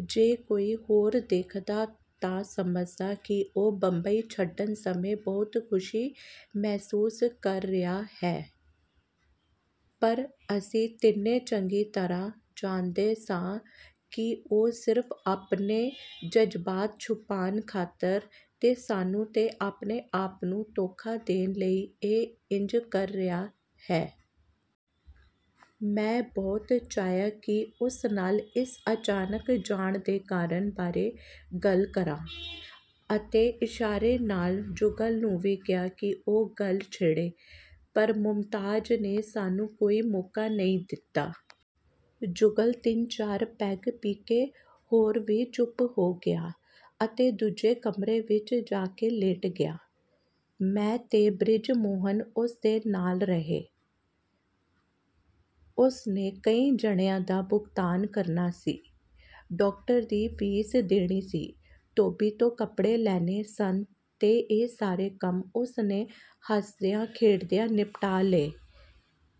ਜੇ ਕੋਈ ਹੋਰ ਦੇਖਦਾ ਤਾਂ ਸਮਝਦਾ ਕਿ ਉਹ ਬੰਬਈ ਛੱਡਣ ਸਮੇਂ ਬਹੁਤ ਖੁਸ਼ੀ ਮਹਿਸੂਸ ਕਰ ਰਿਹਾ ਹੈ, ਪਰ ਅਸੀਂ ਤਿੰਨੇ ਚੰਗੀ ਤਰ੍ਹਾਂ ਜਾਣਦੇ ਸਾਂ ਕਿ ਉਹ ਸਿਰਫ਼ ਆਪਣੇ ਜਜ਼ਬਾਤ ਛੁਪਾਉਣ ਖਾਤਰ, ਤੇ ਸਾਨੂੰ, ਤੇ ਆਪਣੇ ਆਪ ਨੂੰ ਧੋਖਾ ਦੇਣ ਲਈ ਹੀ ਇੰਜ ਕਰ ਰਿਹਾ ਹੈ। ਮੈਂ ਬਹੁਤ ਚਾਹਿਆ ਕਿ ਉਸ ਨਾਲ ਇਸ ਅਚਾਨਕ ਜਾਣ ਦੇ ਕਾਰਨ ਬਾਰੇ ਗੱਲ ਕਰਾਂ, ਅਤੇ ਇਸ਼ਾਰੇ ਨਾਲ ਜੁਗਲ ਨੂੰ ਵੀ ਕਿਹਾ ਕਿ ਉਹ ਗੱਲ ਛੇੜੇ, ਪਰ ਮੁਮਤਾਜ਼ ਨੇ ਸਾਨੂੰ ਕੋਈ ਮੌਕਾ ਨਹੀਂ ਦਿੱਤਾ। ਜੁਗਲ ਤਿੰਨ-ਚਾਰ ਪੈੱਗ ਪੀ ਕੇ ਹੋਰ ਵੀ ਚੁੱਪ ਹੋ ਗਿਆ, ਅਤੇ ਦੂਜੇ ਕਮਰੇ ਵਿੱਚ ਜਾ ਕੇ ਲੇਟ ਗਿਆ। ਮੈਂ ਤੇ ਬ੍ਰਿਜਮੋਹਨ ਉਸ ਦੇ ਨਾਲ ਰਹੇ। ਉਸ ਨੇ ਕਈ ਜਣਿਆਂ ਦਾ ਭੁਗਤਾਨ ਕਰਨਾ ਸੀ, ਡਾਕਟਰ ਦੀ ਫੀਸ ਦੇਣੀ ਸੀ, ਧੋਬੀ ਤੋਂ ਕੱਪੜੇ ਲੈਣੇ ਸਨ ਤੇ ਇਹ ਸਾਰੇ ਕੰਮ ਉਸ ਨੇ ਹੱਸਦਿਆਂ-ਖੇਡਦਿਆਂ ਨਿਪਟਾ ਲਏ,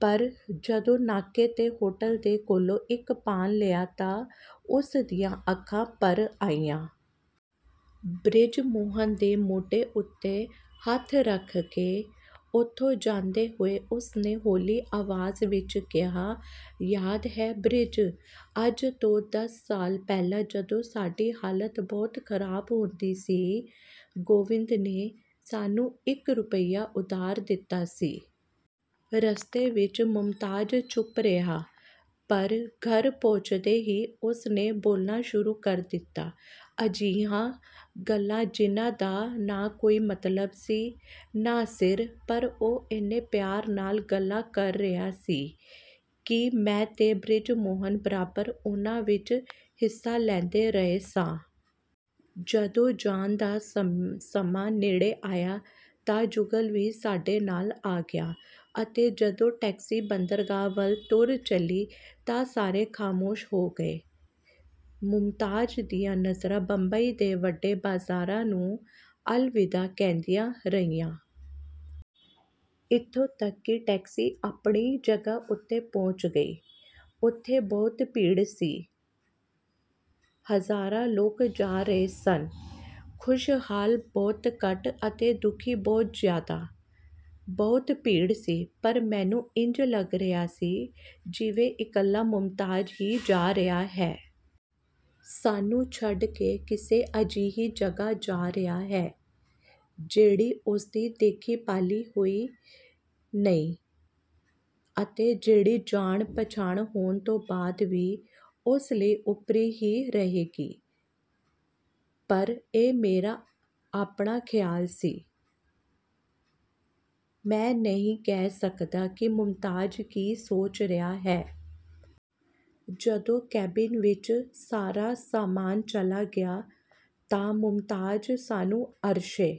ਪਰ ਜਦੋਂ ਨਾਕੇ ਦੇ ਹੋਟਲ ਦੇ ਕੋਲੋਂ ਇੱਕ ਪਾਨ ਲਿਆ ਤਾਂ ਉਸ ਦੀਆਂ ਅੱਖਾਂ ਭਰ ਆਈਆਂ। ਬ੍ਰਿਜਮੋਹਨ ਦੇ ਮੋਢੇ ਉੱਤੇ ਹੱਥ ਰੱਖ ਕੇ, ਉੱਥੋਂ ਜਾਂਦੇ ਹੋਏ, ਉਸ ਨੇ ਹੌਲੀ ਆਵਾਜ਼ ਵਿੱਚ ਕਿਹਾ, "ਯਾਦ ਹੈ ਬ੍ਰਿਜ, ਅੱਜ ਤੋਂ ਦਸ ਸਾਲ ਪਹਿਲਾਂ ਜਦੋਂ ਸਾਡੀ ਹਾਲਤ ਬਹੁਤ ਖਰਾਬ ਹੁੰਦੀ ਸੀ, ਗੋਬਿੰਦ ਨੇ ਸਾਨੂੰ ਇੱਕ ਰੁਪਈਆ ਉਧਾਰ ਦਿੱਤਾ ਸੀ।" ਰਸਤੇ ਵਿੱਚ ਮੁਮਤਾਜ਼ ਚੁੱਪ ਰਿਹਾ, ਪਰ ਘਰ ਪਹੁੰਚਦੇ ਹੀ ਉਸ ਨੇ ਬੋਲਣਾ ਸ਼ੁਰੂ ਕਰ ਦਿੱਤਾ, ਅਜਿਹੀਆਂ ਗੱਲਾਂ ਜਿਨ੍ਹਾਂ ਦਾ ਨਾ ਕੋਈ ਮਤਲਬ ਸੀ, ਨਾ ਸਿਰ, ਪਰ ਉਹ ਇੰਨੇ ਪਿਆਰ ਨਾਲ ਗੱਲਾਂ ਕਰ ਰਿਹਾ ਸੀ ਕਿ ਮੈਂ ਤੇ ਬ੍ਰਿਜਮੋਹਨ ਬਰਾਬਰ ਉਹਨਾਂ ਵਿੱਚ ਹਿੱਸਾ ਲੈਂਦੇ ਰਹੇ ਸਾਂ। ਜਦੋਂ ਜਾਣ ਦਾ ਸਮਾਂ ਨੇੜੇ ਆਇਆ ਤਾਂ ਜੁਗਲ ਵੀ ਸਾਡੇ ਨਾਲ ਆ ਗਿਆ, ਅਤੇ ਜਦੋਂ ਟੈਕਸੀ ਬੰਦਰਗਾਹ ਵੱਲ ਤੁਰ ਚੱਲੀ ਤਾਂ ਸਾਰੇ ਖਾਮੋਸ਼ ਹੋ ਗਏ। ਮੁਮਤਾਜ਼ ਦੀਆਂ ਨਜ਼ਰਾਂ ਬੰਬਈ ਦੇ ਵੱਡੇ ਬਾਜ਼ਾਰਾਂ ਨੂੰ ਅਲਵਿਦਾ ਕਹਿੰਦੀਆਂ ਰਹੀਆਂ। ਇੱਥੋਂ ਤੱਕ ਕਿ ਟੈਕਸੀ ਆਪਣੀ ਜਗ੍ਹਾ ਉੱਤੇ ਪਹੁੰਚ ਗਈ। ਉੱਥੇ ਬਹੁਤ ਭੀੜ ਸੀ। ਹਜ਼ਾਰਾਂ ਲੋਕ ਜਾ ਰਹੇ ਸਨ, ਖੁਸ਼ਹਾਲ ਬਹੁਤ ਘੱਟ, ਅਤੇ ਦੁਖੀ ਬਹੁਤ ਜ਼ਿਆਦਾ। ਬਹੁਤ ਭੀੜ ਸੀ, ਪਰ ਮੈਨੂੰ ਇੰਜ ਲੱਗ ਰਿਹਾ ਸੀ ਜਿਵੇਂ ਇਕੱਲਾ ਮੁਮਤਾਜ਼ ਹੀ ਜਾ ਰਿਹਾ ਹੈ। ਸਾਨੂੰ ਛੱਡ ਕੇ ਕਿਸੇ ਅਜਿਹੀ ਜਗ੍ਹਾ ਜਾ ਰਿਹਾ ਹੈ, ਜਿਹੜੀ ਉਸਦੀ ਦੇਖੀ-ਭਾਲੀ ਹੋਈ ਨਹੀਂ ਅਤੇ ਜਿਹੜੀ ਜਾਣ-ਪਛਾਣ ਹੋਣ ਤੋਂ ਬਾਅਦ ਵੀ ਉਸ ਲਈ ਓਪਰੀ ਹੀ ਰਹੇਗੀ। ਪਰ ਇਹ ਮੇਰਾ ਆਪਣਾ ਖਿਆਲ ਸੀ। ਮੈਂ ਨਹੀਂ ਕਹਿ ਸਕਦਾ ਕਿ ਮੁਮਤਾਜ਼ ਕੀ ਸੋਚ ਰਿਹਾ ਹੈ। ਜਦੋਂ ਕੈਬਿਨ ਵਿੱਚ ਸਾਰਾ ਸਾਮਾਨ ਚਲਾ ਗਿਆ ਤਾਂ ਮੁਮਤਾਜ਼ ਸਾਨੂੰ ਅਰਸ਼ੇ